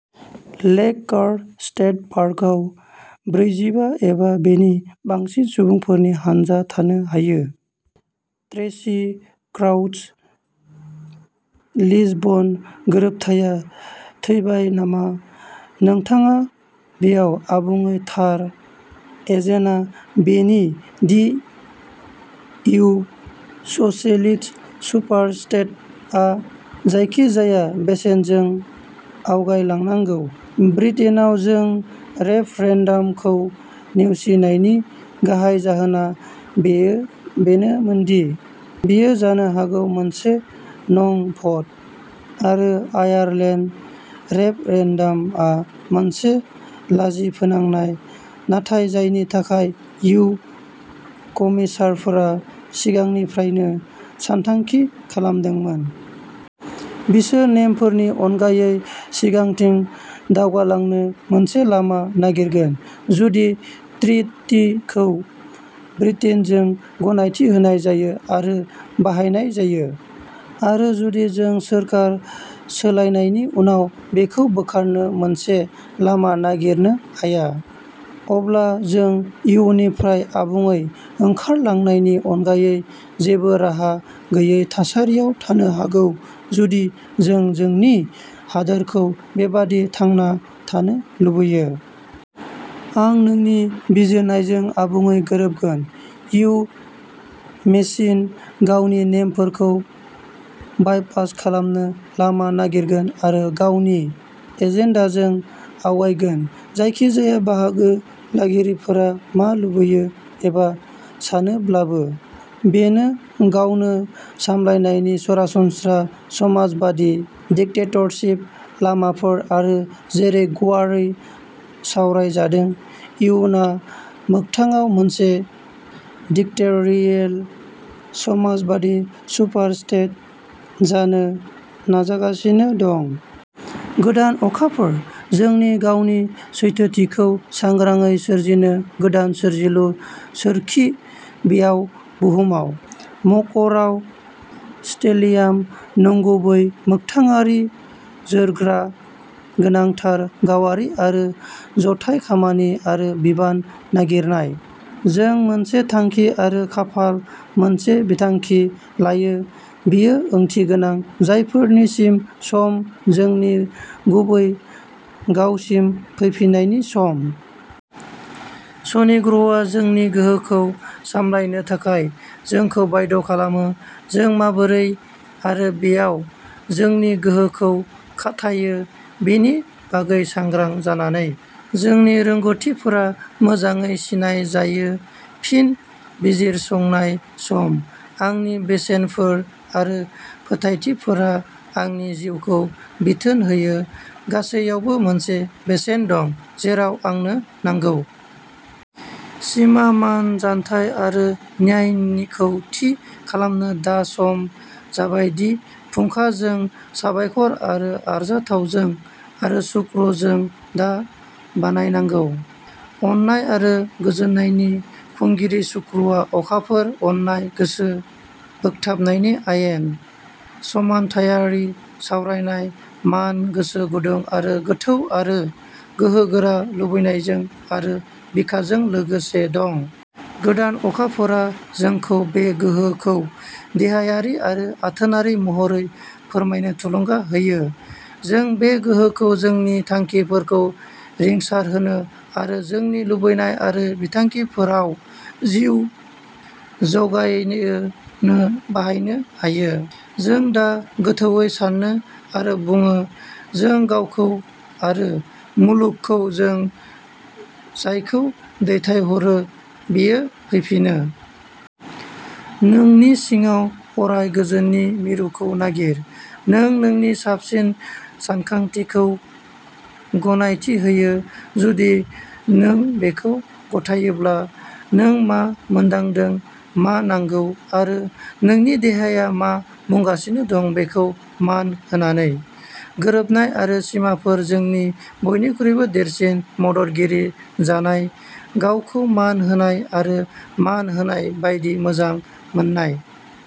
लेक Car State पार्कआव ब्रैजिबा एबा बेनि बांसिन सुबुंफोरनि हानजा थानो हायो। ट्रेसी क्राउडच लिसबन गोरोबथाया थैबाय नामा नोंथाङा बेयाव आबुङै थार एजेनआ बेनि दि इउ स'सियेलिस्ट सुपारस्टेटआ जायखिजाया बेसेनजों आवगायलांनांगौ। ब्रिटेनआव जों रेफरेन्डामखौ नेवसिनायनि गाहाय जाहोना बेयो बेनोमोन दि बेयो जानो हागौ मोनसे नं भ'ट, आरो आयारलेन्ड रेफरेन्डामआ मोनसे लाजिफोनांनाय नाथाय जायनि थाखाय इयु कमिसारफोरा सिगांनिफ्रायनो सानथांखि खालामदोंमोन। बिसोर नेमफोरनि अनगायै सिगांथिं दावगालांनो मोनसे लामा नागिरगोन। जुदि ट्रिटिखौ ब्रिटेनजों गनायथि होनाय जायो आरो बाहायनाय जायो, आरो जुदि जों सोरखार सोलायनायनि उनाव बेखौ बोखारनो मोनसे लामा नागिरनो हाया, अब्ला जों इयुनिफ्राय आबुङै ओंखारलांनायनि अनगायै जेबो राहा गैयै थासारियाव थानो हागौ जुदि जों जोंनि हादोरखौ बेबादि थांना थानो लुबैयो। आं नोंनि बिजिरनायजों आबुङै गोरोबगोन। इयु मेसिन गावनि नेमफोरखौ बायपास खालामनो लामा नागिरगोन आरो गावनि एजेन्डाजों आवगायगोन, जायखिजाया बाहागो लागिरिफोरा मा लुबैयो एबा सानोब्लाबो। बेनो गावनो सामलायनायनि सरासनस्रा समाजबादि डिक्टेटरशिप लामाफोर आरो जेरै गुवारै सावरायजादों, इयुनआ मोगथाङाव मोनसे डिक्टेटरियेल समाजबादि सुपारस्टेट जानो नाजागासिनो दं। गोदान अखाफोर, जोंनि गावनि सैथोथिखौ सांग्राङै सोरजिनो गोदान सोरजिलु सोरखि, बेयाव बुहुमाव। मकरआव स्टेलियाम, नंगुबै, मोगथाङारि, जोरग्रा, गोनांथार, गावारि आरो जथाय खामानि आरो बिबान नागिरनाय। जों मोनसे थांखि, आरो खाफाल मोनसे बिथांखि लायो, बेयो ओंथिगोनां जायफोरनिसिम सम, जोंनि गुबै गावसिम फैफिन्नायनि सम। शनि ग्रहआ जोंनि गोहोखौ सामलायनो थाखाय जोंखौ बाध्य खालामो, जों माबोरै आरो बेयाव जोंनि गोहोखौ खाथायो बेनि बागै सांग्रां जानानै। जोंनि रोंग'थिफोरा मोजाङै सिनाय जायो फिन बिजिरसंनाय सम, आंनि बेसेनफोर आरो फोथायथिफोरा आंनि जिउखौ बिथोन होयो गासैयावबो मोनसे बेसेन दं, जेराव आंनो नांगौ। सिमा, मान, जानथाय आरो न्यायनिखौ थि खालामनो दा सम जाबाय दि फुंखा जों, साबायखर आरो आरजाथावजों आरो शुक्र जों दा बानायनांगौ। अननाय आरो गोजोननायनि खुंगिरि शुक्रआ अखाफोर, अननाय, गोसो बोगथाबनायनि आयेन, समानथायारि सावरायनाय, मान, गोसो गुदुं आरो गोथौ आरो गोहोगोरा लुबैनायजों आरो बिखाजों लोगोसे दं। गोदान अखाफोरा जोंखौ बे गोहोखौ देहायारि आरो आथोनारि महरै फोरमायनो थुलुंगा होयो। जों बे गोहोखौ जोंनि थांखिफोरखौ रिंसारहोनो आरो जोंनि लुबैनाय आरो बिथांखिफोराव जिउ जगायनोनो बाहायनो हायो। जों दा गोथौवै सानो आरो बुङो, जों गावखौ आरो मुलुगखौ, जों जायखौ दैथायहरो बेयो फैफिनो। नोंनि सिङाव अराय गोजोननि मिरुखौ नागिर, नों नोंनि साबसिन सानथांखिखौ गनायथि होयो जुदि नों बेखौ गथायोब्ला, नों मा मोनदांदों, मा नांगौ, आरो नोंनि देहाया मा बुंगासिनो दं बेखौ मान होनानै। गोरोबनाय आरो सिमाफोर जोंनि बयनिख्रुइबो देरसिन मददगिरि जानाय, गावखौ मान होनाय आरो मान होनाय बायदि मोजां मोननाय।